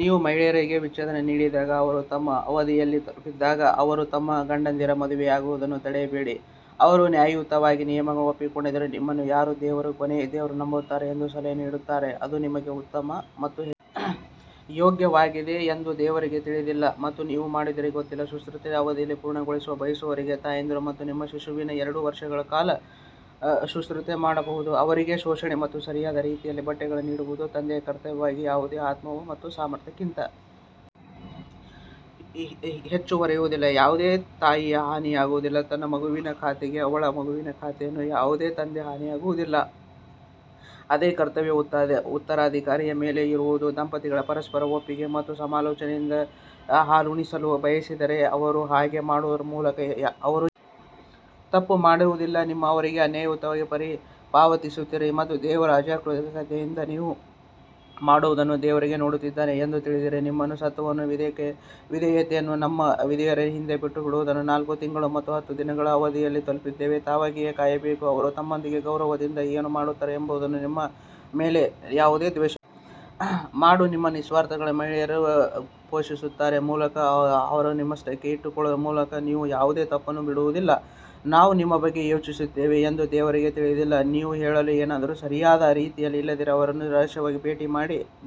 ನೀವು ಮಹಿಳೆಯರಿಗೆ ವಿಚ್ಛೇದನ ನೀಡಿದಾಗ ಮತ್ತು ಅವರು ತಮ್ಮ ಅವಧಿಯನ್ನು ತಲುಪಿದಾಗ ಅವರು ತಮ್ಮ ಗಂಡಂದಿರನ್ನು ಮದುವೆಯಾಗುವುದನ್ನು ತಡೆಯಬೇಡಿ ಅವರು ನ್ಯಾಯಯುತವಾದ ನಿಯಮಗಳನ್ನು ಒಪ್ಪಿಕೊಂಡರೆ, ನಿಮ್ಮಲ್ಲಿ ಯಾರು ದೇವರು ಮತ್ತು ಕೊನೆಯ ದಿನವನ್ನು ನಂಬುತ್ತಾರೆ ಎಂದು ಸಲಹೆ ನೀಡಲಾಗುತ್ತದೆ ಅದು ನಿಮಗೆ ಉತ್ತಮ ಮತ್ತು ಹೆಚ್ಚು ಯೋಗ್ಯವಾಗಿದೆ ಎಂದು ದೇವರಿಗೆ ತಿಳಿದಿದೆ ಮತ್ತು ನೀವು ಮಾಡುತ್ತೀರಿ ಗೊತ್ತಿಲ್ಲ ಶುಶ್ರೂಷೆಯ ಅವಧಿಯನ್ನು ಪೂರ್ಣಗೊಳಿಸಲು ಬಯಸುವವರಿಗೆ ತಾಯಂದಿರು ತಮ್ಮ ಶಿಶುಗಳಿಗೆ ಎರಡು ವರ್ಷಗಳ ಕಾಲ ಶುಶ್ರೂಷೆ ಮಾಡಬಹುದು ಅವರಿಗೆ ಪೋಷಣೆ ಮತ್ತು ಸರಿಯಾದ ರೀತಿಯಲ್ಲಿ ಬಟ್ಟೆಗಳನ್ನು ನೀಡುವುದು ತಂದೆಯ ಕರ್ತವ್ಯವಾಗಿದೆ ಯಾವುದೇ ಆತ್ಮವು ಅದರ ಸಾಮರ್ಥ್ಯಕ್ಕಿಂತ ಹೆಚ್ಚು ಹೊರೆಯಾಗುವುದಿಲ್ಲ ಯಾವುದೇ ತಾಯಿಗೆ ಹಾನಿಯಾಗುವುದಿಲ್ಲ ತನ್ನ ಮಗುವಿನ ಖಾತೆಗೆ ಮತ್ತು ಅವನ ಮಗುವಿನ ಖಾತೆಯಲ್ಲಿ ಯಾವುದೇ ತಂದೆಗೆ ಹಾನಿಯಾಗುವುದಿಲ್ಲ, ಅದೇ ಕರ್ತವ್ಯವು ಉತ್ತರಾಧಿಕಾರಿಯ ಮೇಲೆ ಇರುತ್ತದೆ, ದಂಪತಿಗಳು ಪರಸ್ಪರ ಒಪ್ಪಿಗೆ ಮತ್ತು ಸಮಾಲೋಚನೆಯಿಂದ ಹಾಲುಣಿಸಲು ಬಯಸಿದರೆ ಅವರು ಹಾಗೆ ಮಾಡುವ ಮೂಲಕ ಅವರು ಯಾವುದೇ ತಪ್ಪು ಮಾಡುವುದಿಲ್ಲ ನೀವು ಅವರಿಗೆ ನ್ಯಾಯಯುತವಾಗಿ ಪಾವತಿಸುತ್ತೀರಿ ಮತ್ತು ದೇವರ ಬಗ್ಗೆ ಜಾಗರೂಕರಾಗಿರಿ ಮತ್ತು ನೀವು ಮಾಡುವದನ್ನು ದೇವರು ನೋಡುತ್ತಿದ್ದಾನೆ ಎಂದು ತಿಳಿಯಿರಿ ನಿಮ್ಮಲ್ಲಿ ಸತ್ತವರು ಮತ್ತು ವಿಧವೆಯರನ್ನು ತಮ್ಮ ವಿಧವೆಯರ ಹಿಂದೆ ಬಿಟ್ಟುಹೋದವರು ನಾಲ್ಕು ತಿಂಗಳು ಮತ್ತು ಹತ್ತು ದಿನಗಳು ತಮ್ಮ ಅವಧಿಯನ್ನು ತಲುಪಿದಾಗ ತಾವಾಗಿಯೇ ಕಾಯಬೇಕು, ಅವರು ತಮ್ಮೊಂದಿಗೆ ಗೌರವದಿಂದ ಏನು ಮಾಡುತ್ತಾರೆ ಎಂಬುದರ ಬಗ್ಗೆ ನಿಮ್ಮ ಮೇಲೆ ಯಾವುದೇ ದೋಷವಿಲ್ಲ. ಮಾಡು ನಿಮ್ಮ ನಿಶ್ಚಿತಾರ್ಥವನ್ನು ಮಹಿಳೆಯರಿಗೆ ಘೋಷಿಸುವ ಮೂಲಕ ಅಥವಾ ಅದನ್ನು ನಿಮ್ಮಷ್ಟಕ್ಕೇ ಇಟ್ಟುಕೊಳ್ಳುವ ಮೂಲಕ ನೀವು ಯಾವುದೇ ತಪ್ಪನ್ನು ಮಾಡುವುದಿಲ್ಲ, ನೀವು ಅವರ ಬಗ್ಗೆ ಯೋಚಿಸುತ್ತೀರಿ ಎಂದು ದೇವರಿಗೆ ತಿಳಿದಿದೆ ಆದರೆ ನೀವು ಹೇಳಲು ಏನಾದರೂ ಸರಿಯಾಗಿ ಇಲ್ಲದಿದ್ದರೆ ಅವರನ್ನು ರಹಸ್ಯವಾಗಿ ಭೇಟಿಯಾಗಬೇಡಿ ಮತ್ತು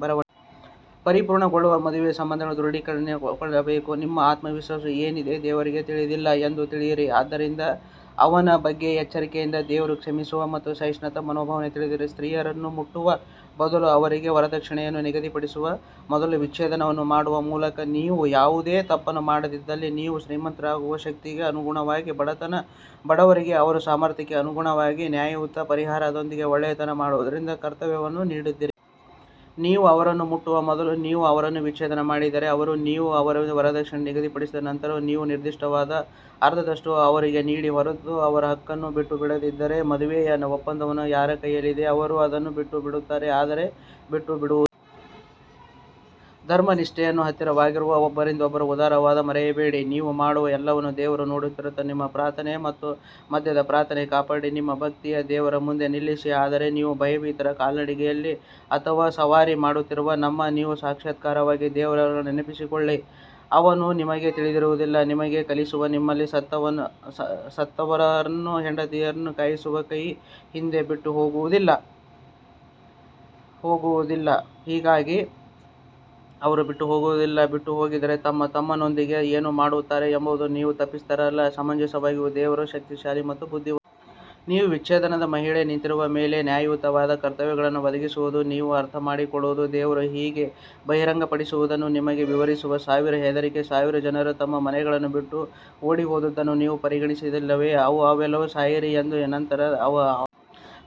ಬರವಣಿಗೆ ಪೂರ್ಣಗೊಳ್ಳುವವರೆಗೆ ಮದುವೆಯ ಸಂಬಂಧವನ್ನು ದೃಢೀಕರಿಸಬೇಡಿ ಮತ್ತು ನಿಮ್ಮ ಆತ್ಮಗಳಲ್ಲಿ ಏನಿದೆ ಎಂದು ದೇವರಿಗೆ ತಿಳಿದಿದೆ ಎಂದು ತಿಳಿಯಿರಿ ಆದ್ದರಿಂದ ಅವನ ಬಗ್ಗೆ ಎಚ್ಚರದಿಂದಿರಿ ಮತ್ತು ದೇವರು ಕ್ಷಮಿಸುವ ಮತ್ತು ಸಹಿಷ್ಣು ಎಂದು ತಿಳಿಯಿರಿ ಸ್ತ್ರೀಯರನ್ನು ಮುಟ್ಟುವ ಮೊದಲು ಅಥವಾ ಅವರಿಗೆ ವರದಕ್ಷಿಣೆಯನ್ನು ನಿಗದಿಪಡಿಸುವ ಮೊದಲು ವಿಚ್ಛೇದನ ಮಾಡುವ ಮೂಲಕ ನೀವು ಯಾವುದೇ ತಪ್ಪನ್ನು ಮಾಡುವುದಿಲ್ಲ ಮತ್ತು ಶ್ರೀಮಂತರಿಗೆ ಅವರ ಶಕ್ತಿಗೆ ಅನುಗುಣವಾಗಿ ಮತ್ತು ಬಡವರಿಗೆ ಅವರ ಸಾಮರ್ಥ್ಯಕ್ಕೆ ಅನುಗುಣವಾಗಿ ನ್ಯಾಯಯುತ ಪರಿಹಾರದೊಂದಿಗೆ ಒಳ್ಳೆಯದನ್ನು ಮಾಡುವವರಿಗೆ ಕರ್ತವ್ಯವನ್ನು ನೀಡುತ್ತೀರಿ. ನೀವು ಅವರನ್ನು ಮುಟ್ಟುವ ಮೊದಲು ನೀವು ಅವರನ್ನು ವಿಚ್ಛೇದನ ಮಾಡಿದರೆ ಆದರೆ ನೀವು ಅವರಿಗೆ ವರದಕ್ಷಿಣೆಯನ್ನು ನಿಗದಿಪಡಿಸಿದ ನಂತರ ನೀವು ನಿರ್ದಿಷ್ಟಪಡಿಸಿದ ಅರ್ಧದಷ್ಟು ಅವರಿಗೆ ನೀಡಿ ಹೊರತು ಅವರು ಹಕ್ಕನ್ನು ಬಿಟ್ಟುಬಿಡದಿದ್ದರೆ ಅಥವಾ ಮದುವೆಯ ಒಪ್ಪಂದವು ಯಾರ ಕೈಯಲ್ಲಿದೆಯೋ ಅವರು ಅದನ್ನು ಬಿಟ್ಟುಬಿಡುತ್ತಾರೆ ಆದರೆ ಬಿಟ್ಟುಬಿಡುವುದು ಧರ್ಮನಿಷ್ಠೆಗೆ ಹತ್ತಿರವಾಗಿದೆ ಮತ್ತು ಒಬ್ಬರಿಗೊಬ್ಬರು ಉದಾರತೆಯನ್ನು ಮರೆಯಬೇಡಿ ನೀವು ಮಾಡುವ ಎಲ್ಲವನ್ನೂ ದೇವರು ನೋಡುತ್ತಿದ್ದಾನೆ ನಿಮ್ಮ ಪ್ರಾರ್ಥನೆ ಮತ್ತು ಮಧ್ಯದ ಪ್ರಾರ್ಥನೆಯನ್ನು ಕಾಪಾಡಿ ಮತ್ತು ಭಕ್ತಿಯಿಂದ ದೇವರ ಮುಂದೆ ನಿಲ್ಲಿರಿ ಆದರೆ ನೀವು ಭಯದಲ್ಲಿದ್ದರೆ ಕಾಲ್ನಡಿಗೆಯಲ್ಲಿ ಅಥವಾ ಸವಾರಿ ಮಾಡುತ್ತಿದ್ದರೆ ಮತ್ತು ನೀವು ಸುರಕ್ಷಿತವಾಗಿದ್ದಾಗ ದೇವರನ್ನು ನೆನಪಿಸಿಕೊಳ್ಳಿ, ಅವನು ನಿಮಗೆ ತಿಳಿದಿಲ್ಲದದನ್ನು ನಿಮಗೆ ಕಲಿಸಿದನು ನಿಮ್ಮಲ್ಲಿ ಸತ್ತವರು ಮತ್ತು ಹೆಂಡತಿಯರನ್ನು ಉಯಿಲಿನ ಹಿಂದೆ ಬಿಟ್ಟುಹೋದವರು ತಮ್ಮ ಹೆಂಡತಿಯರಿಗೆ ಒಂದು ವರ್ಷದವರೆಗೆ ಬೆಂಬಲವನ್ನು ನೀಡುತ್ತಾರೆ ಅವರು ಬಿಟ್ಟು ಹೋಗದಿದ್ದರೆ ಅವರು ಬಿಟ್ಟುಹೋದರೆ ಅವರು ತಮ್ಮೊಂದಿಗೆ ಏನು ಮಾಡುತ್ತಾರೆಂಬುದಕ್ಕೆ ನೀವು ತಪ್ಪಿತಸ್ಥರಲ್ಲ, ಅದು ಸಮಂಜಸವಾಗಿದ್ದರೆ ದೇವರು ಶಕ್ತಿಶಾಲಿ ಮತ್ತು ಬುದ್ಧಿವಂತನು. ಮತ್ತು ವಿಚ್ಛೇದಿತ ಮಹಿಳೆಯರಿಗೆ ನೀತಿವಂತರ ಮೇಲೆ ನ್ಯಾಯಯುತವಾಗಿ ಕರ್ತವ್ಯವನ್ನು ಒದಗಿಸಲಾಗುವುದು ನೀವು ಅರ್ಥಮಾಡಿಕೊಳ್ಳಲು ದೇವರು ಹೀಗೆ ತನ್ನ ಬಹಿರಂಗಗಳನ್ನು ನಿಮಗೆ ವಿವರಿಸುತ್ತಾನೆ ಸಾವಿಗೆ ಹೆದರಿ ಸಾವಿರಾರು ಜನರು ತಮ್ಮ ಮನೆಗಳನ್ನು ಬಿಟ್ಟು ಓಡಿಹೋದವರನ್ನು ನೀವು ಪರಿಗಣಿಸಲಿಲ್ಲವೇ, ದೇವರು ಅವರಿಗೆ ಸಾಯಿರಿ ಎಂದು ಹೇಳಿದ ನಂತರ ಅವರನ್ನು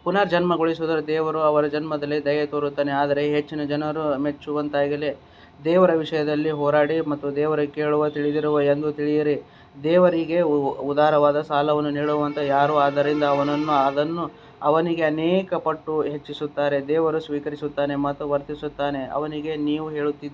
ಪುನರುಜ್ಜೀವನಗೊಳಿಸಿದನು ದೇವರು ಜನರ ಬಗ್ಗೆ ದಯೆ ತೋರುತ್ತಾನೆ ಆದರೆ ಹೆಚ್ಚಿನ ಜನರು ಮೆಚ್ಚುವುದಿಲ್ಲ ದೇವರ ವಿಷಯದಲ್ಲಿ ಹೋರಾಡಿ ಮತ್ತು ದೇವರು ಕೇಳುವ ಮತ್ತು ತಿಳಿದಿರುವ ಎಂದು ತಿಳಿಯಿರಿ ದೇವರಿಗೆ ಉದಾರವಾದ ಸಾಲವನ್ನು ನೀಡುವವನು ಯಾರು, ಆದ್ದರಿಂದ ಅವನು ಅದನ್ನು ಅವನಿಗೆ ಅನೇಕ ಪಟ್ಟು ಹೆಚ್ಚಿಸುತ್ತಾನೆ ಮತ್ತು ದೇವರು ಸ್ವೀಕರಿಸುತ್ತಾನೆ ಮತ್ತು ವರ್ಧಿಸುತ್ತಾನೆ ಮತ್ತು ಅವನಿಗೆ ನೀವು ಹಿಂತಿರುಗುತ್ತೀರಿ.